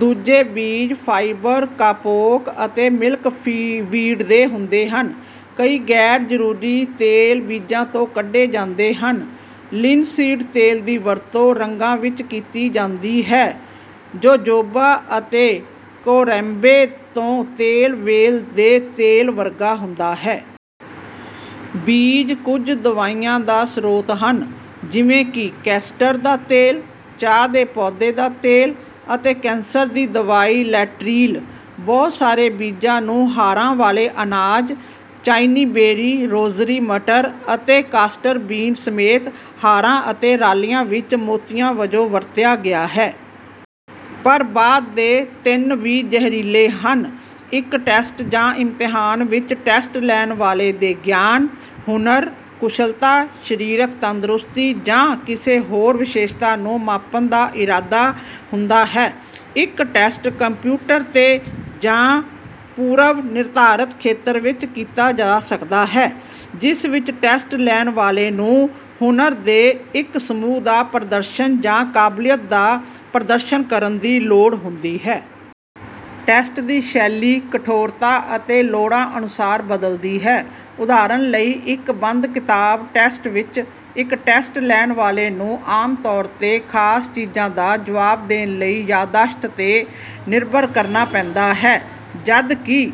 ਦੂਜੇ ਬੀਜ fibre kapok ਅਤੇ ਮਿਲਕਵੀਡ ਦੇ ਹੁੰਦੇ ਹਨ। ਕਈ ਗੈਰ-ਜ਼ਰੂਰੀ ਤੇਲ ਬੀਜਾਂ ਤੋਂ ਕੱਢੇ ਜਾਂਦੇ ਹਨ। ਲਿਨਸੀਡ ਤੇਲ ਦੀ ਵਰਤੋਂ ਰੰਗਾਂ ਵਿੱਚ ਕੀਤੀ ਜਾਂਦੀ ਹੈ। ਜੋਜੋਬਾ ਅਤੇ ਕਰੈਂਬੇ ਤੋਂ ਤੇਲ ਵ੍ਹੇਲ ਦੇ ਤੇਲ ਵਰਗਾ ਹੁੰਦਾ ਹੈ। ਬੀਜ ਕੁਝ ਦਵਾਈਆਂ ਦਾ ਸਰੋਤ ਹਨ, ਜਿਵੇਂ ਕਿ ਕੈਸਟਰ ਦਾ ਤੇਲ, ਚਾਹ ਦੇ ਪੌਦੇ ਦਾ ਤੇਲ ਅਤੇ ਕੈਂਸਰ ਦੀ ਦਵਾਈ ਲੈਟ੍ਰੀਲ। ਬਹੁਤ ਸਾਰੇ ਬੀਜਾਂ ਨੂੰ ਹਾਰਾਂ ਵਾਲੇ ਅਨਾਜ, ਚਾਈਨੀਬੇਰੀ, ਰੋਜ਼ਰੀ ਮਟਰ ਅਤੇ ਕਾਸਟਰ ਬੀਨ ਸਮੇਤ ਹਾਰਾਂ ਅਤੇ ਰਾਲੀਆਂ ਵਿੱਚ ਮੋਤੀਆਂ ਵਜੋਂ ਵਰਤਿਆ ਗਿਆ ਹੈ। ਪਰ, ਬਾਅਦ ਦੇ ਤਿੰਨ ਵੀ ਜ਼ਹਿਰੀਲੇ ਹਨ। ਇੱਕ ਟੈਸਟ ਜਾਂ ਇਮਤਿਹਾਨ ਵਿੱਚ ਟੈਸਟ-ਲੈਣ ਵਾਲੇ ਦੇ ਗਿਆਨ, ਹੁਨਰ, ਕੁਸ਼ਲਤਾ, ਸਰੀਰਕ ਤੰਦਰੁਸਤੀ ਜਾਂ ਕਿਸੇ ਹੋਰ ਵਿਸ਼ੇਸ਼ਤਾ ਨੂੰ ਮਾਪਣ ਦਾ ਇਰਾਦਾ ਹੁੰਦਾ ਹੈ। ਇੱਕ ਟੈਸਟ ਕੰਪਿਊਟਰ ’ਤੇ ਜਾਂ ਪੂਰਵ-ਨਿਰਧਾਰਤ ਖੇਤਰ ਵਿੱਚ ਕੀਤਾ ਜਾ ਸਕਦਾ ਹੈ, ਜਿਸ ਵਿੱਚ ਟੈਸਟ-ਲੈਣ ਵਾਲੇ ਨੂੰ ਹੁਨਰ ਦੇ ਇੱਕ ਸਮੂਹ ਦਾ ਪ੍ਰਦਰਸ਼ਨ ਜਾਂ ਕਾਬਲੀਅਤ ਦਾ ਪ੍ਰਦਰਸ਼ਨ ਕਰਨ ਦੀ ਲੋੜ ਹੁੰਦੀ ਹੈ। ਟੈਸਟ ਦੀ ਸ਼ੈਲੀ, ਕਠੋਰਤਾ ਅਤੇ ਲੋੜਾਂ ਅਨੁਸਾਰ ਬਦਲਦੀ ਹੈ। ਉਦਾਹਰਨ ਲਈ, ਇੱਕ ਬੰਦ-ਕਿਤਾਬ ਟੈਸਟ ਵਿੱਚ, ਇੱਕ ਟੈਸਟ-ਲੈਣ ਵਾਲੇ ਨੂੰ ਆਮ ਤੌਰ ’ਤੇ ਖਾਸ ਚੀਜ਼ਾਂ ਦਾ ਜਵਾਬ ਦੇਣ ਲਈ ਯਾਦਦਾਸ਼ਤ ’ਤੇ ਨਿਰਭਰ ਕਰਨਾ ਪੈਂਦਾ ਹੈ, ਜਦਕਿ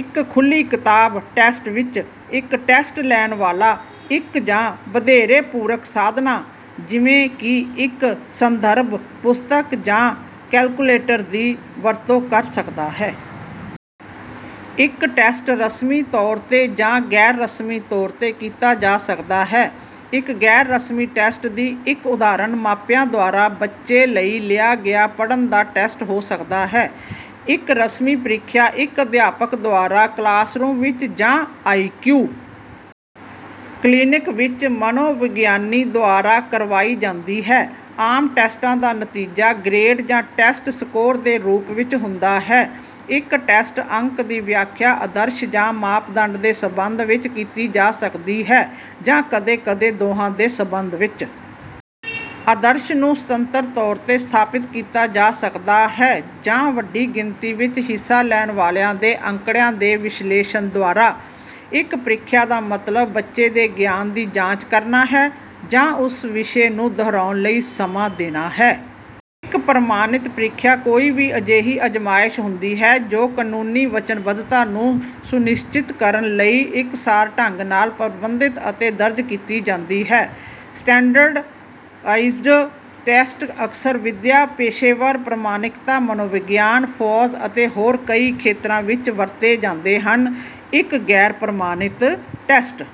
ਇੱਕ ਖੁੱਲ੍ਹੀ-ਕਿਤਾਬ ਟੈਸਟ ਵਿੱਚ, ਇੱਕ ਟੈਸਟ-ਲੈਣ ਵਾਲਾ ਇੱਕ ਜਾਂ ਵਧੇਰੇ ਪੂਰਕ ਸਾਧਨਾਂ, ਜਿਵੇਂ ਕਿ ਇੱਕ ਸੰਦਰਭ ਪੁਸਤਕ ਜਾਂ ਕੈਲਕੁਲੇਟਰ, ਦੀ ਵਰਤੋਂ ਕਰ ਸਕਦਾ ਹੈ। ਇੱਕ ਟੈਸਟ ਰਸਮੀ ਤੌਰ ’ਤੇ ਜਾਂ ਗੈਰ-ਰਸਮੀ ਤੌਰ ’ਤੇ ਕੀਤਾ ਜਾ ਸਕਦਾ ਹੈ। ਇੱਕ ਗੈਰ-ਰਸਮੀ ਟੈਸਟ ਦੀ ਇੱਕ ਉਦਾਹਰਨ ਮਾਪਿਆਂ ਦੁਆਰਾ ਬੱਚੇ ਲਈ ਲਿਆ ਗਿਆ ਪੜ੍ਹਨ ਦਾ ਟੈਸਟ ਹੋ ਸਕਦਾ ਹੈ। ਇੱਕ ਰਸਮੀ ਪ੍ਰੀਖਿਆ ਇੱਕ ਅਧਿਆਪਕ ਦੁਆਰਾ ਕਲਾਸਰੂਮ ਵਿੱਚ ਜਾਂ ਆਈ.ਕਿਊ. ਕਲੀਨਿਕ ਵਿੱਚ ਮਨੋਵਿਗਿਆਨੀ ਦੁਆਰਾ ਕਰਵਾਈ ਜਾਂਦੀ ਹੈ। ਆਮ ਟੈਸਟਾਂ ਦਾ ਨਤੀਜਾ ਗ੍ਰੇਡ ਜਾਂ ਟੈਸਟ ਸਕੋਰ ਦੇ ਰੂਪ ਵਿੱਚ ਹੁੰਦਾ ਹੈ। ਇੱਕ ਟੈਸਟ ਅੰਕ ਦੀ ਵਿਆਖਿਆ ਆਦਰਸ਼ ਜਾਂ ਮਾਪਦੰਡ ਦੇ ਸਬੰਧ ਵਿੱਚ ਕੀਤੀ ਜਾ ਸਕਦੀ ਹੈ, ਜਾਂ ਕਦੇ-ਕਦੇ ਦੋਹਾਂ ਦੇ ਸਬੰਧ ਵਿੱਚ। ਆਦਰਸ਼ ਨੂੰ ਸੁਤੰਤਰ ਤੌਰ ’ਤੇ ਸਥਾਪਿਤ ਕੀਤਾ ਜਾ ਸਕਦਾ ਹੈ, ਜਾਂ ਵੱਡੀ ਗਿਣਤੀ ਵਿੱਚ ਹਿੱਸਾ ਲੈਣ ਵਾਲਿਆਂ ਦੇ ਅੰਕੜਿਆਂ ਦੇ ਵਿਸ਼ਲੇਸ਼ਣ ਦੁਆਰਾ। ਇੱਕ ਪ੍ਰੀਖਿਆ ਦਾ ਮਤਲਬ ਬੱਚੇ ਦੇ ਗਿਆਨ ਦੀ ਜਾਂਚ ਕਰਨਾ ਹੈ ਜਾਂ ਉਸ ਵਿਸ਼ੇ ਨੂੰ ਦੁਹਰਾਉਣ ਲਈ ਸਮਾਂ ਦੇਣਾ ਹੈ। ਇੱਕ ਪ੍ਰਮਾਣਿਤ ਪ੍ਰੀਖਿਆ ਕੋਈ ਵੀ ਅਜਿਹੀ ਅਜ਼ਮਾਇਸ਼ ਹੁੰਦੀ ਹੈ ਜੋ ਕਾਨੂੰਨੀ ਵਚਨਬੱਧਤਾ ਨੂੰ ਸੁਨਿਸ਼ਚਿਤ ਕਰਨ ਲਈ ਇਕਸਾਰ ਢੰਗ ਨਾਲ ਪ੍ਰਬੰਧਿਤ ਅਤੇ ਦਰਜ ਕੀਤੀ ਜਾਂਦੀ ਹੈ। ਸਟੈਂਡਰਡਾਈਜ਼ਡ ਟੈਸਟ ਅਕਸਰ ਵਿਦਿਆ, ਪੇਸ਼ੇਵਰ ਪ੍ਰਮਾਣਿਕਤਾ, ਮਨੋਵਿਗਿਆਨ, ਫੌਜ ਅਤੇ ਹੋਰ ਕਈ ਖੇਤਰਾਂ ਵਿੱਚ ਵਰਤੇ ਜਾਂਦੇ ਹਨ। ਇੱਕ ਗੈਰ-ਪ੍ਰਮਾਣਿਤ ਟੈਸਟ…